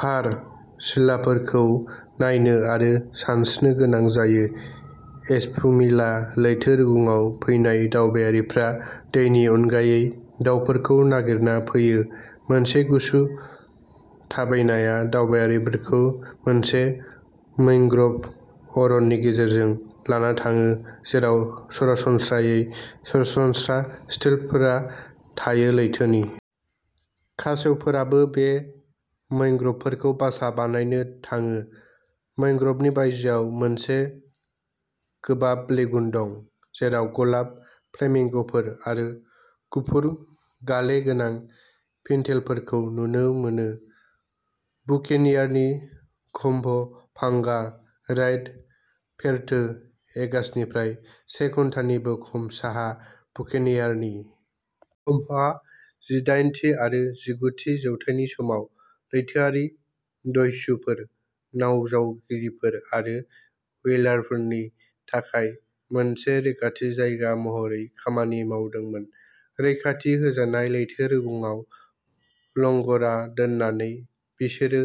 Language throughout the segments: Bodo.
फार सिलाफोरखौ नायनो आरो सानस्रिनो गोनां जायो एस्पुमिला लैथो रुगुंआव फैनाय दावबायारिफ्रा दैनि अनगायै दाउफोरखौ नागिरना फैयो मोनसे गुसु थाबायनाया दावबायारिफोरखौ मोनसे मैंग्र'भ अरननि गेजेरजों लाना थाङो जेराव सरासनस्रायै सरासनस्रा स्टिल्टफोरा थायो लैथोनि खासेवफोराबो बे मैंग्र'भफोरखौ बासा बानायनो थाङो मैंग्र'भनि बायजोआव मोनसे गोबाब लेगुन दं जेराव गलाब फ्लेमिंग'फोर आरो गुफुर गाले गोनां पिनटेलफोरखौ नुनो मोनो बुकेनियारनि कम्भ पांगा राइड पेर्ट' एगासनिफ्राय से घन्टानिबो खम साहा बुकेनियारनि कभआ जिदाइनथि आरो जिगुथि जौथाइनि समाव लैथोआरि दस्युफोर नाव जावगिरिफोर आरो व्हेलारफोरनि थाखाय मोनसे रैखाथि जायगा महरै खामानि मावदोंमोन रैखाथि होजानाय लैथो रुगुंआव लंग'रा दोननानै बिसोरो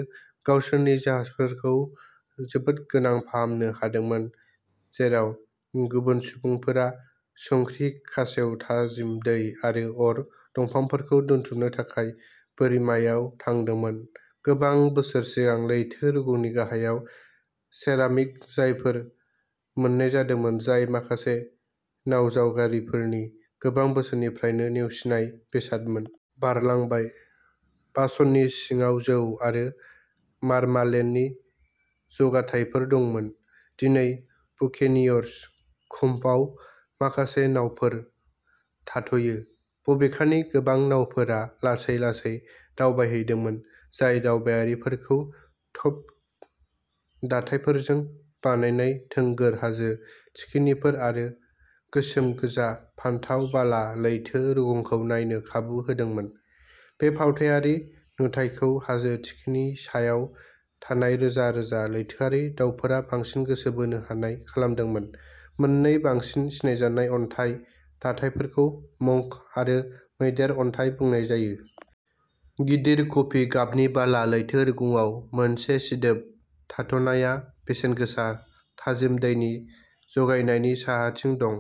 गावसोरनि जाहाजफोरखौ जोबोद गोनां फाहामनो हादोंमोन जेराव गुबुन सुबुंफोरा संख्रि खासेव थाजिम दै आरो अर दंफांफोरखौ दोनथुमनो थाखाय बोरिमायाव थांदोंमोन गोबां बोसोर सिगां लैथो रुगुंनि गाहायाव सेरामिक जारफोर मोन्नाय जादोंमोन जाय माखासे नाव जावगिरिफोरनि गोबां बोसोरनिफ्रायनो नेवसिनाय बेसादमोन। बारलांबाय। बासननि सिङाव जौ आरो मार्मालेन्डनि जौगायथायफोर दंमोन। दिनै बुकेनियर्स कुम्भआव माखासे नावफोर थाथ'यो बबेखानि गोबां नावफोरा लासै-लासै दावबायहैदोंमोन जाय दावबायारिफोरखौ टफ दाथायफोरजों बानायनाय थोंगोर हाजो थिखिनिफोर आरो गोसोम गोजा फान्थाव बाला लैथो रुगुंखौ नायनो खाबु होदोंमोन बे फावथायारि नुथायखौ हाजो थिखिनि सायाव थानाय रोजा रोजा लैथोआरि दावफोरा बांसिन गोसो बोनो हानाय खालामदोंमोन मोननै बांसिन सिनायजानाय अन्थाइ दाथायफोरखौ मंक आरो मैदेर अन्थाइ बुंनाय जायो। गिदिर कफि गाबनि बाला लैथो रुगुंआव मोनसे सिदोब थाथ'नाया बेसेनगोसा थाजिम दैनि जगायनायनि साहाथिं दं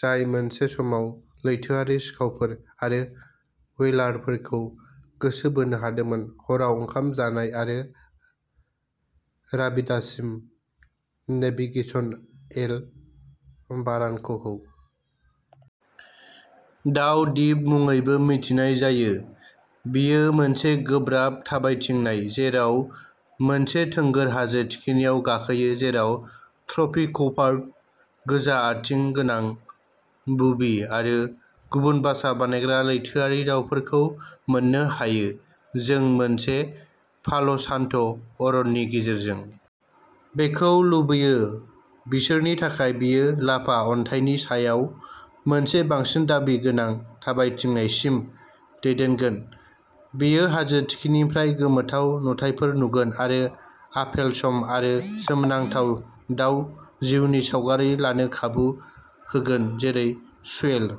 जाय मोनसे समाव लैथोआरि सिखावफोर आरो व्हेलारफोरखौ गोसो बोनो हादोंमोन हराव ओंखाम जानाय आरो राबिदासिम नेभिगेसन एल बारानक'खौ दाउ दिप मुङैबो मिथिनाय जायो बेयो मोनसे गोब्राब थाबायथिंनाय जेराव मोनसे थोंगोर हाजो थिखिनियाव गाखोयो जेराव ट्रपिक'बार्ड गोजा आथिं गोनां बुबि आरो गुबुन बासा बानायग्रा लैथोआरि दावफोरखौ मोननो हायो जों मोनसे पाल'सान्ट'अरननि गेजेरजों बेखौ लुबैयो बिसोरनि थाखाय बेयो लाभा अन्थाइनि सायाव मोनसे बांसिन दाबि गोनां थाबायथिंनायसिम दैदेनगोन बेयो हाजो थिखिनिनिफ्राय गोमोथाव नुथायफोर नुगोन आरो आपेल सम आरो सोमोनांथाव दाव जिउनि सावगारि लानो खाबु होगोन जेरै स्वेल